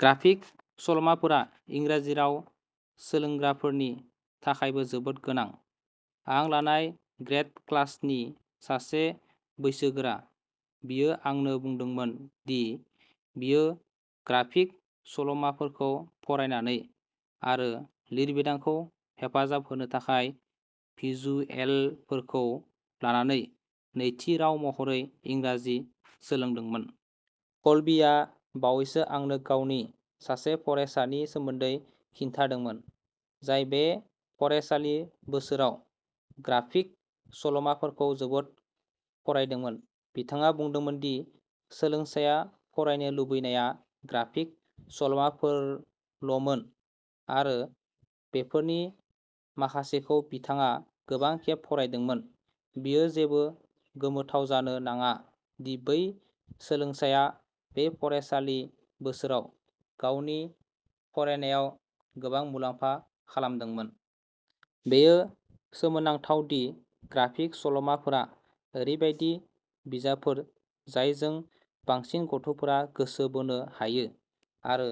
Graphic सल'माफोरा इंराजि राव सोलोंग्राफोरनि थाखायबो जोबोद मोजां। आं लानाय ग्रेद क्लासनि सासे बैसोगोरा, बियो आंनो बुंदोंमोन दि बियो ग्राफिक सल'माफोरखौ फरायनानै आरो लिरबिदांखौ हेफाजाब होनो थाखाय भिजुएलफोरखौ लानानै नैथि राव महरै इंराजि सोलोंदोंमोन। कलबीआ बावैसो आंनो गावनि सासे फरायसानि सोमोन्दै खिन्थादोंमोन जाय बे फरायसालि बोसोराव ग्राफिक सल'माफोरखौ जोबोद फरायदोंमोन। बिथाङा बुंदोंमोन दि सोलोंसाया फरायनो लुबैनाया ग्राफिक सल'माफोरल'मोन आरो बेफोरनि माखासेखौ बिथाङा गोबां खेब फरायदोंमोन। बेयो जेबो गोमोथाव जानो नाङा दि बै सोलोंसाया बे फरायसालि बोसोराव गावनि फरायनायाव गोबां मुलाम्फा खालामदोंमोन। बेयो सोमोनांथाव दि ग्राफिक सल'माफोरा ओरैबायदि बिजाबफोर जायजों बांसिन गथ'फोरा गोसो बोनो हायो आरो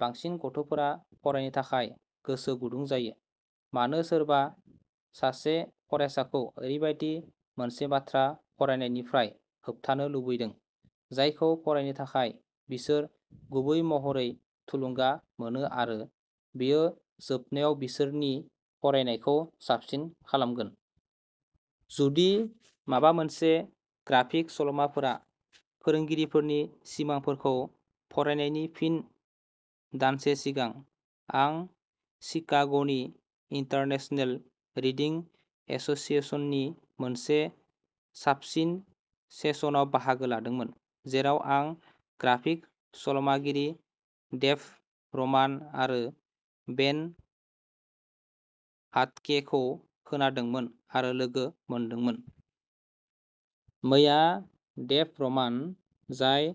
बांसिन गथ'फोरा फरायनो थाखाय गोसो गुदुं जायो। मानो सोरबा सासे फरायसाखौ ओरैबायदि मोनसे बाथ्रा फरायनायनिफ्राय होबथानो लुबैदों जायखौ फरायनो थाखाय बिसोर गुबै महरै थुलुंगा मोनो आरो बेयो जोबनायाव बिसोरनि फरायनायखौ साबसिन खालामगोन? जुदि माबा मोनसे, ग्राफिक सल'माफोरा फोरोंगिरिफोरनि सिमांफोरखौ फरायनायनि फिन। दानसे सिगां, आं शिकाग'नि इन्टारनेशनेल रिडिं एस'सिएशननि मोनसे साबसिन सेसनाव बाहागो लादोंमोन, जेराव आं ग्राफिक सल'मागिरि डेभ रमान आरो बेन हाटकेखौ खोनादोंमोन आरो लोगो मोनदोंमोन। मैया, डेभ रमान, जाय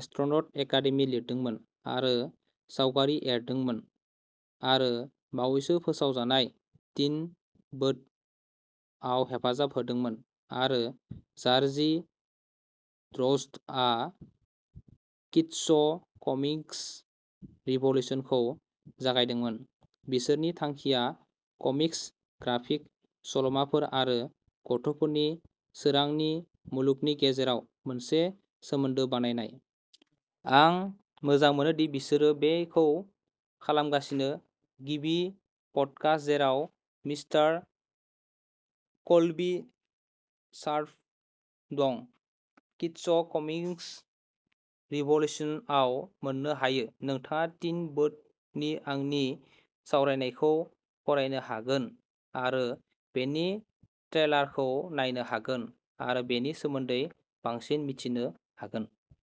एस्ट्र'नट एकादेमि लिरदोंमोन आरो सावगारि एरदोंमोन आरो बावैसो फोसावजानाय टिन बोट! आव हेफाजाब होदोंमोन, आरो जार्जी ड्र'ज्डआ किड्स'कमिक्स रिभ'लिउसनखौ जागायदोंमोन। बिसोरनि थांखिया कमिक्स, ग्राफिक सल'माफोर आरो गथ'फोरनि सोरांनि मुलुगनि गेजेराव मोनसे सोमोन्दो बानायनाय। आं मोजां मोनो दि बिसोरो बेखौ खालामगासिनो! गिबि पडकास्ट, जेराव मिस्टार कल्बी शार्प दं, किड्स'कमिक्स रिभ'लिउसनआव मोन्नो हायो। नोंथाङा टिन बोट! नि आंनि बिसावरायनायखौ फरायनो हागोन! आरो बेनि ट्रेलारखौ नायनो हागोन आरो बेनि सोमोन्दै बांसिन मिथिनो हागोन।